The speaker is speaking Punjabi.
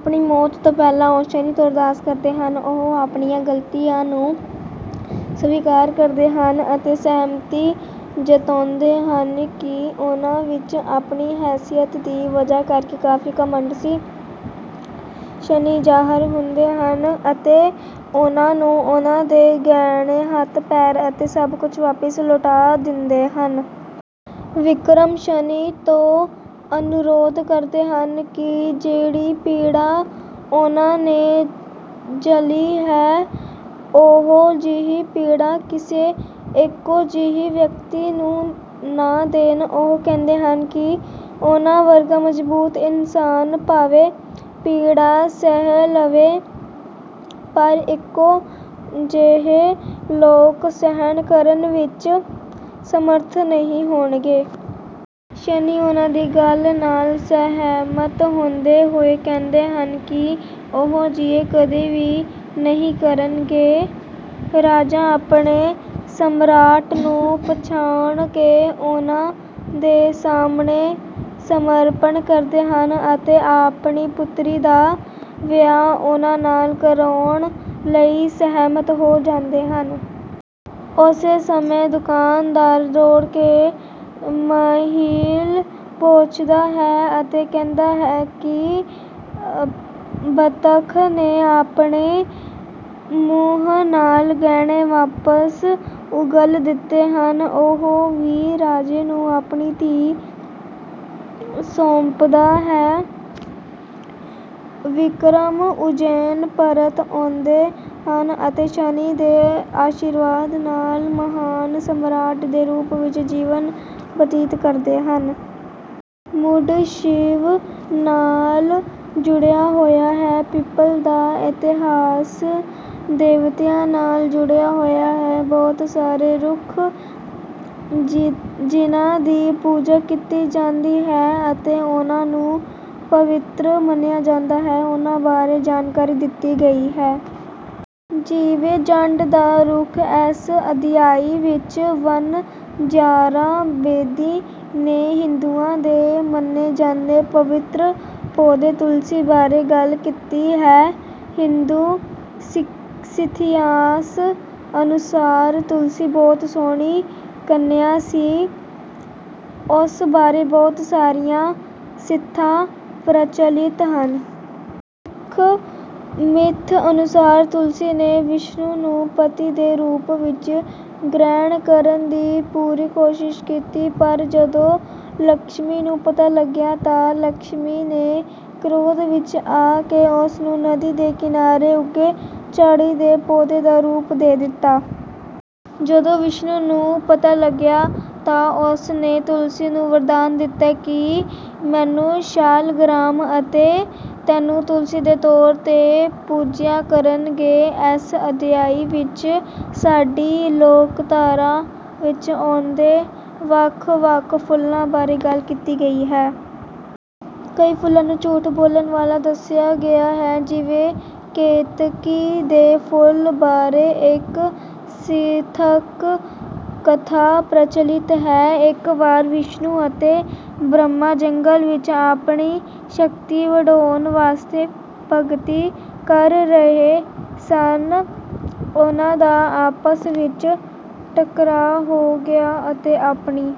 ਆਪਣੀ ਮੌਤ ਤੋਂ ਪਹਿਲਾਂ ਉਹ ਸ਼ਨੀ ਤੋਂ ਅਰਦਾਸ ਕਰਦੇ ਹਨ। ਉਹ ਆਪਣੀਆਂ ਗਲਤੀਆਂ ਨੂੰ ਸਵੀਕਾਰ ਕਰਦੇ ਹਨ ਅਤੇ ਸਹਿਮਤੀ ਜਤਾਉਂਦੇ ਹਨ ਕਿ ਉਨ੍ਹਾਂ ਵਿੱਚ ਆਪਣੀ ਹੈਸੀਅਤ ਦੀ ਵਜ੍ਹਾ ਕਰਕੇ ਕਾਫ਼ੀ ਘਮੰਡ ਸੀ। ਸ਼ਨੀ ਜ਼ਾਹਰ ਹੁੰਦੇ ਹਨ ਅਤੇ ਉਨ੍ਹਾਂ ਨੂੰ ਉਨ੍ਹਾਂ ਦੇ ਗਹਿਣੇ, ਹੱਥ, ਪੈਰ ਅਤੇ ਸਭ ਕੁਝ ਵਾਪਸ ਲੌਟਾ ਦਿੰਦੇ ਹਨ। ਵਿਕਰਮ ਸ਼ਨੀ ਤੋਂ ਅਨੁਰੋਧ ਕਰਦੇ ਹਨ ਕਿ ਜਿਹੜੀ ਪੀੜਾ ਉਨ੍ਹਾਂ ਨੇ ਝੱਲੀ ਹੈ, ਉਹੋ ਜਿਹੀ ਪੀੜਾ ਕਿਸੇ ਇੱਕੋ ਜਿਹੇ ਵਿਅਕਤੀ ਨੂੰ ਨਾ ਦੇਣ। ਉਹ ਕਹਿੰਦੇ ਹਨ ਕਿ ਉਨ੍ਹਾਂ ਵਰਗਾ ਮਜ਼ਬੂਤ ਇਨਸਾਨ ਭਾਵੇਂ ਪੀੜਾ ਸਹਿ ਲਵੇ, ਪਰ ਇੱਕੋ ਜਿਹੇ ਲੋਕ ਸਹਿਣ ਕਰਨ ਵਿੱਚ ਸਮਰੱਥ ਨਹੀਂ ਹੋਣਗੇ। ਸ਼ਨੀ ਉਨ੍ਹਾਂ ਦੀ ਗੱਲ ਨਾਲ ਸਹਿਮਤ ਹੁੰਦੇ ਹੋਏ ਕਹਿੰਦੇ ਹਨ ਕਿ ਉਹ ਅਜਿਹਾ ਕਦੇ ਵੀ ਨਹੀਂ ਕਰਨਗੇ। ਰਾਜਾ ਆਪਣੇ ਸਮਰਾਟ ਨੂੰ ਪਛਾਣ ਕੇ ਉਨ੍ਹਾਂ ਦੇ ਸਾਹਮਣੇ ਸਮਰਪਣ ਕਰਦੇ ਹਨ ਅਤੇ ਆਪਣੀ ਪੁਤਰੀ ਦਾ ਵਿਆਹ ਉਨ੍ਹਾਂ ਨਾਲ ਕਰਾਉਣ ਲਈ ਸਹਿਮਤ ਹੋ ਜਾਂਦੇ ਹਨ। ਉਸੇ ਸਮੇਂ, ਦੁਕਾਨਦਾਰ ਦੌੜ ਕੇ ਮਹਿਲ ਪੁੱਜਦਾ ਹੈ ਅਤੇ ਕਹਿੰਦਾ ਹੈ ਕਿ ਬੱਤਖ਼ ਨੇ ਆਪਣੇ ਮੂੰਹ ਨਾਲ ਗਹਿਣੇ ਵਾਪਸ ਉਗਲ ਦਿੱਤੇ ਹਨ। ਉਹ ਵੀ ਰਾਜੇ ਨੂੰ ਆਪਣੀ ਧੀ ਸੌਂਪਦਾ ਹੈ। ਵਿਕਰਮ ਉੱਜੈਨ ਪਰਤ ਆਉਂਦੇ ਹਨ ਅਤੇ ਸ਼ਨੀ ਦੇ ਆਸ਼ੀਰਵਾਦ ਨਾਲ ਮਹਾਨ ਸਮਰਾਟ ਦੇ ਰੂਪ ਵਿੱਚ ਜੀਵਨ ਬਤੀਤ ਕਰਦੇ ਹਨ। ਮੁਢ ਸ਼ਿਵ ਨਾਲ ਜੁੜਿਆ ਹੋਇਆ ਹੈ। ਪਿੱਪਲ ਦਾ ਇਤਿਹਾਸ ਦੇਵਤਿਆਂ ਨਾਲ ਜੁੜਿਆ ਹੋਇਆ ਹੈ। ਬਹੁਤ ਸਾਰੇ ਰੁੱਖ ਜਿਨ੍ਹਾਂ ਦੀ ਪੂਜਾ ਕੀਤੀ ਜਾਂਦੀ ਹੈ ਅਤੇ ਉਨ੍ਹਾਂ ਨੂੰ ਪਵਿੱਤਰ ਮੰਨਿਆ ਜਾਂਦਾ ਹੈ, ਉਨ੍ਹਾਂ ਬਾਰੇ ਜਾਣਕਾਰੀ ਦਿੱਤੀ ਗਈ ਹੈ। ਜਿਵੇਂ ਜੰਡ ਦਾ ਰੁੱਖ। ਇਸ ਅਧਿਆਇ ਵਿੱਚ ਵਣਜਾਰਾ ਬੇਦੀ ਨੇ ਹਿੰਦੂਆਂ ਦੇ ਮੰਨੇ ਜਾਂਦੇ ਪਵਿੱਤਰ ਪੌਦੇ ਤੁਲਸੀ ਬਾਰੇ ਗੱਲ ਕੀਤੀ ਹੈ। ਹਿੰਦੂ ਮਿਥਿਹਾਸ ਅਨੁਸਾਰ ਤੁਲਸੀ ਬਹੁਤ ਸੋਹਣੀ ਕੰਨਿਆ ਸੀ। ਉਸ ਬਾਰੇ ਬਹੁਤ ਸਾਰੀਆਂ ਸਿਥਾਂ ਰਚਲਿਤ ਹਨ। ਇੱਕ ਮਿੱਥ ਅਨੁਸਾਰ ਤੁਲਸੀ ਨੇ ਵਿਸ਼ਨੂੰ ਨੂੰ ਪਤੀ ਦੇ ਰੂਪ ਵਿੱਚ ਗ੍ਰਹਿਣ ਕਰਨ ਦੀ ਪੂਰੀ ਕੋਸ਼ਿਸ਼ ਕੀਤੀ, ਪਰ ਜਦੋਂ ਲਕਸ਼ਮੀ ਨੂੰ ਪਤਾ ਲੱਗਿਆ ਤਾਂ ਲਕਸ਼ਮੀ ਨੇ ਕ੍ਰੋਧ ਵਿੱਚ ਆ ਕੇ ਉਸ ਨੂੰ ਨਦੀ ਦੇ ਕਿਨਾਰੇ ਉੱਗੇ ਝਾੜੀ ਦੇ ਪੌਦੇ ਦਾ ਰੂਪ ਦੇ ਦਿੱਤਾ। ਜਦੋਂ ਵਿਸ਼ਨੂੰ ਨੂੰ ਪਤਾ ਲੱਗਿਆ ਤਾਂ ਉਸ ਨੇ ਤੁਲਸੀ ਨੂੰ ਵਰਦਾਨ ਦਿੱਤਾ ਕਿ ਮੈਨੂੰ ਸ਼ਾਲਗਰਾਮ ਅਤੇ ਤੈਨੂੰ ਤੁਲਸੀ ਦੇ ਤੌਰ 'ਤੇ ਪੂਜਿਆ ਕਰਨਗੇ। ਇਸ ਅਧਿਆਇ ਵਿੱਚ ਸਾਡੀ ਲੋਕਧਾਰਾ ਵਿੱਚ ਆਉਂਦੇ ਵੱਖ-ਵੱਖ ਫੁੱਲਾਂ ਬਾਰੇ ਗੱਲ ਕੀਤੀ ਗਈ ਹੈ। ਕਈ ਫੁੱਲਾਂ ਨੂੰ ਝੂਠ ਬੋਲਣ ਵਾਲਾ ਦੱਸਿਆ ਗਿਆ ਹੈ। ਜਿਵੇਂ ਕੇਤਕੀ ਦੇ ਫੁੱਲ ਬਾਰੇ ਇੱਕ ਮਿਥਕ ਕਥਾ ਪ੍ਰਚਲਿਤ ਹੈ। ਇੱਕ ਵਾਰ ਵਿਸ਼ਨੂੰ ਅਤੇ ਬ੍ਰਹਮਾ ਜੰਗਲ ਵਿੱਚ ਆਪਣੀ ਸ਼ਕਤੀ ਵਧਾਉਣ ਵਾਸਤੇ ਭਗਤੀ ਕਰ ਰਹੇ ਸਨ। ਉਨ੍ਹਾਂ ਦਾ ਆਪਸ ਵਿੱਚ ਟਕਰਾਅ ਹੋ ਗਿਆ ਅਤੇ ਆਪਣੀ